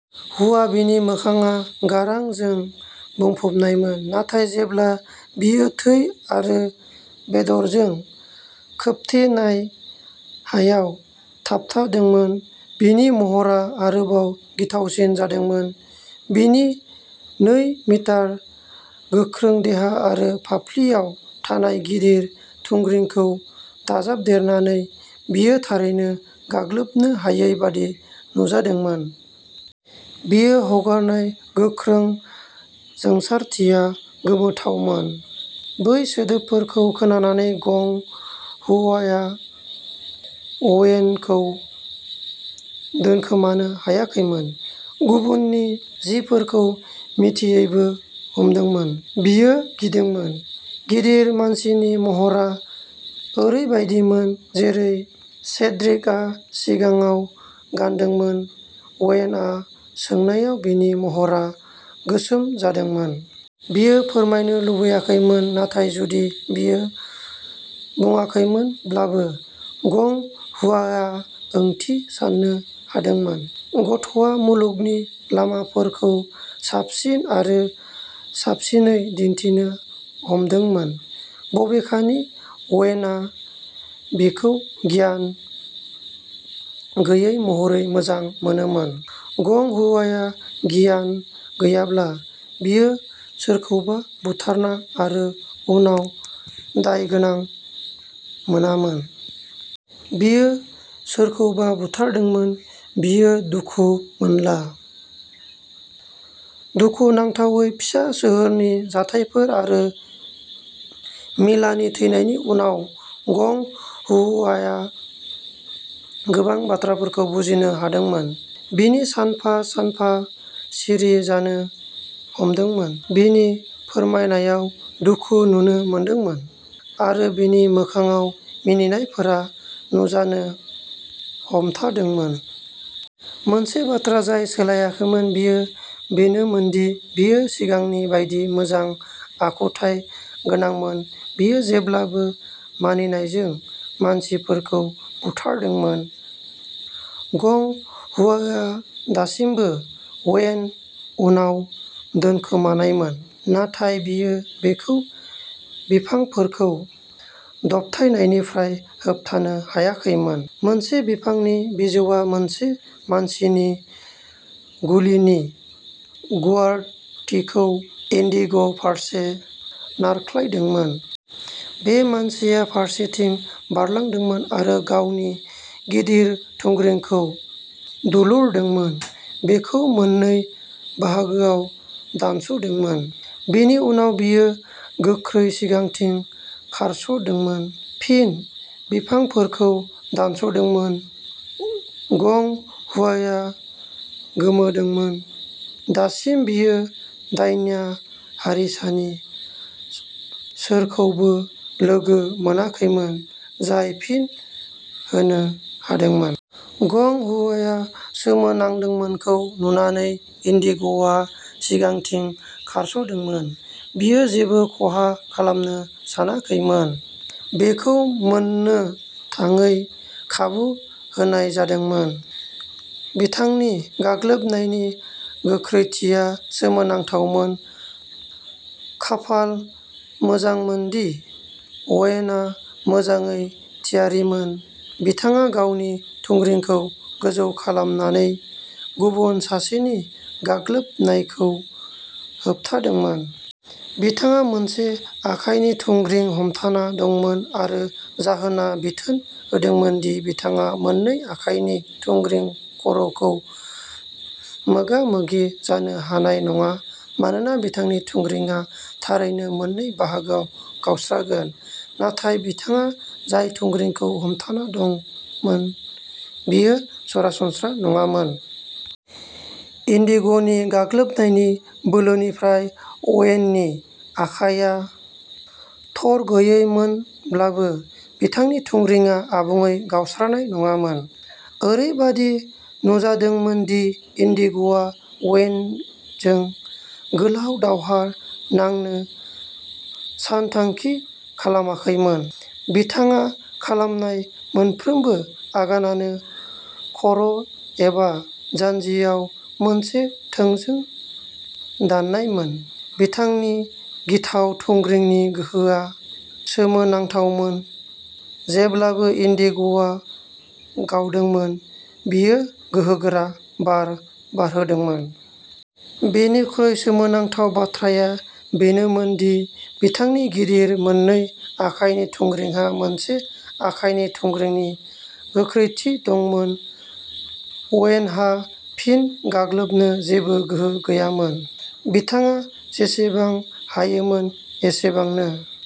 हुआ, बिनि मोखांआ गारां जों बुंफबनायमोन, नाथाय जेब्ला बियो थै आरो बेदरजों खोबथेनाय हायाव थाबथादोंमोन, बिनि महरा आरोबाव गिथावसिन जादोंमोन। बिनि नै मिटार गोख्रों देहा आरो फाफ्लियाव थानाय गिदिर थुंग्रिखौ दाजाबदेरनानै, बियो थारैनो गाग्लोबनो हायै बायदि नुजादोंमोन। बियो हगारनाय गोख्रों जोंसारथिया गोमोथावमोन। बै सोदोबफोरखौ खोनानानै, गं हुआआ अवेनखौ दोनखोमानो हायाखैमोन, गुबुननि जिफोरखौ मिथियैबो हमदोंमोन। बियो गिदोंमोन। गिदिर मानसिनि महरा ओरैबायदिमोन जेरै सेड्रिकआ सिगाङाव गानदोंमोन अवेनआ सोंनायाव बिनि महरा गोसोम जादोंमोन। बियो फोरमायनो लुबैयाखैमोन, नाथाय जुदि बियो बुङाखैमोनब्लाबो, गं हुआआ ओंथिखौ साननो हादोंमोन। गथ'आ मुलुगनि लामाफोरखौ साबसिन आरो साबसिनै दिन्थिनो हमदोंमोन, बबेखानि अवेनआ बिखौ गियान गैयै महरै मोजां मोनोमोन। गं हुआआ गियान गैयाब्ला, बियो सोरखौबा बुथारना आरो उनाव दायगोनां मोनामोन। बियो सोरखौबा बुथारदोंमोन, बियो दुखु मोनला। दुखुनांथावै, फिसा सोहोरनि जाथायफोर आरो मिलानि थैनायनि उनाव, गं हुआआ गोबां बाथ्राफोरखौ बुजिनो हादोंमोन। बिनि सानफा-सानफा सिरि जानो हमदोंमोन, बिनि फोरमायनायाव दुखु नुनो मोनदोंमोन, आरो बिनि मोखांआव मिनिनायफोरा नुजानो हमथादोंमोन। मोनसे बाथ्रा जाय सोलायाखैमोन बियो बेनोमोनदि बियो सिगांनि बायदि मोजां आखुथाय गोनांमोन बियो जेब्लाबो मानिनायजों मानसिफोरखौ बुथारदोंमोन। गं हुआआ दासिमबो अवेन उनाव दोनखोमानायमोन, नाथाय बियो बिखौ बिफांफोरखौ दबथायनायनिफ्राय होबथानो हायाखैमोन। मोनसे बिफांनि बिजौआ मोनसे मानसिनि गुलिनि गुवारथिखौ इन्दिग' फारसे नारख्लायदोंमोन। बे मानसिया फारसेथिं बारलांदोंमोन आरो गावनि गिदिर थुंग्रिखौ दुलुरदोंमोन, बेखौ मोननै बाहागोआव दानस'दोंमोन। बिनि उनाव बियो गोख्रै सिगांथिं खारस'दोंमोन, फिन बिफांफोरखौ दानस'दोंमोन। गं हुआआ गोमोदोंमोन। दासिम, बियो दान्या हारिसानि सोरखौबो लोगो मोनाखैमोन जाय फिन होनो हादोंमोन। गं हुआआ सोमोनांदोंमोनखौ नुनानै, इन्दिग'आ सिगांथिं खारस'दोंमोन; बियो जेबो खहा खालामनो सानाखैमोन। बिखौ मोननो थाङै खाबु होनाय जादोंमोन। बिथांनि गाग्लोबनायनि गोख्रैथिया सोमोथावमोन। खाफाल मोजांमोनदि, अवेनआ मोजाङै थियारिमोन। बिथाङा गावनि थुंग्रिखौ गोजौ खालामनानै गुबुन सासेनि गाग्लोबनायखौ होबथादोंमोन। बिथाङा मोनसे आखाइनि थुंग्रिं हमथाना दंमोन, आरो जाहोनआ बिथोन होदोंमोन दि बिथाङा मोननै आखाइनि थुंग्रिं खर'खौ मोगा-मोगि जानो हानाय नङा मानोना बिथांनि थुंग्रिंआ थारैनो मोननै बाहागोआव गावस्रागोन। नाथाय बिथाङा जाय थुंग्रिंखौ हमथाना दंमोन बेयो सरासनस्रा नङामोन। इन्दिग'नि गाग्लोबनायनि बोलोनिफ्राय अवेननि आखाइआ थरगैयैमोनब्लाबो, बिथांनि थुंग्रिआ आबुङै गावस्रानाय नङामोन। ओरैबायदि नुजादोंमोन दि इन्दिग'आ अवेनजों गोलाव दावहा नांनो सानथांखि खालामाखैमोन। बिथाङा खालामनाय मोनफ्रोमबो आगानानो खर' एबा जान्जियाव मोनसे थोंजों दाननायमोन। बिथांनि गिथाव थुंग्रिनि गोहोआ सोमोनांथावमोन; जेब्लाबो इन्दिग'आ गावदोंमोन बेयो गोहोगोरा बार बारहोदोंमोन। बेनिख्रुइबो सोमोनांथाव बाथ्राया बेनोमोन दि बिथांनि गिदिर मोननै आखाइनि थुंग्रिहा मोनसे आखाइनि थुंग्रिनि गोख्रैथि दंमोन। अवेनहा फिन गाग्लोबनो जेबो गोहो गैयामोन। बिथाङा जेसेबां हायोमोन एसेबांनो।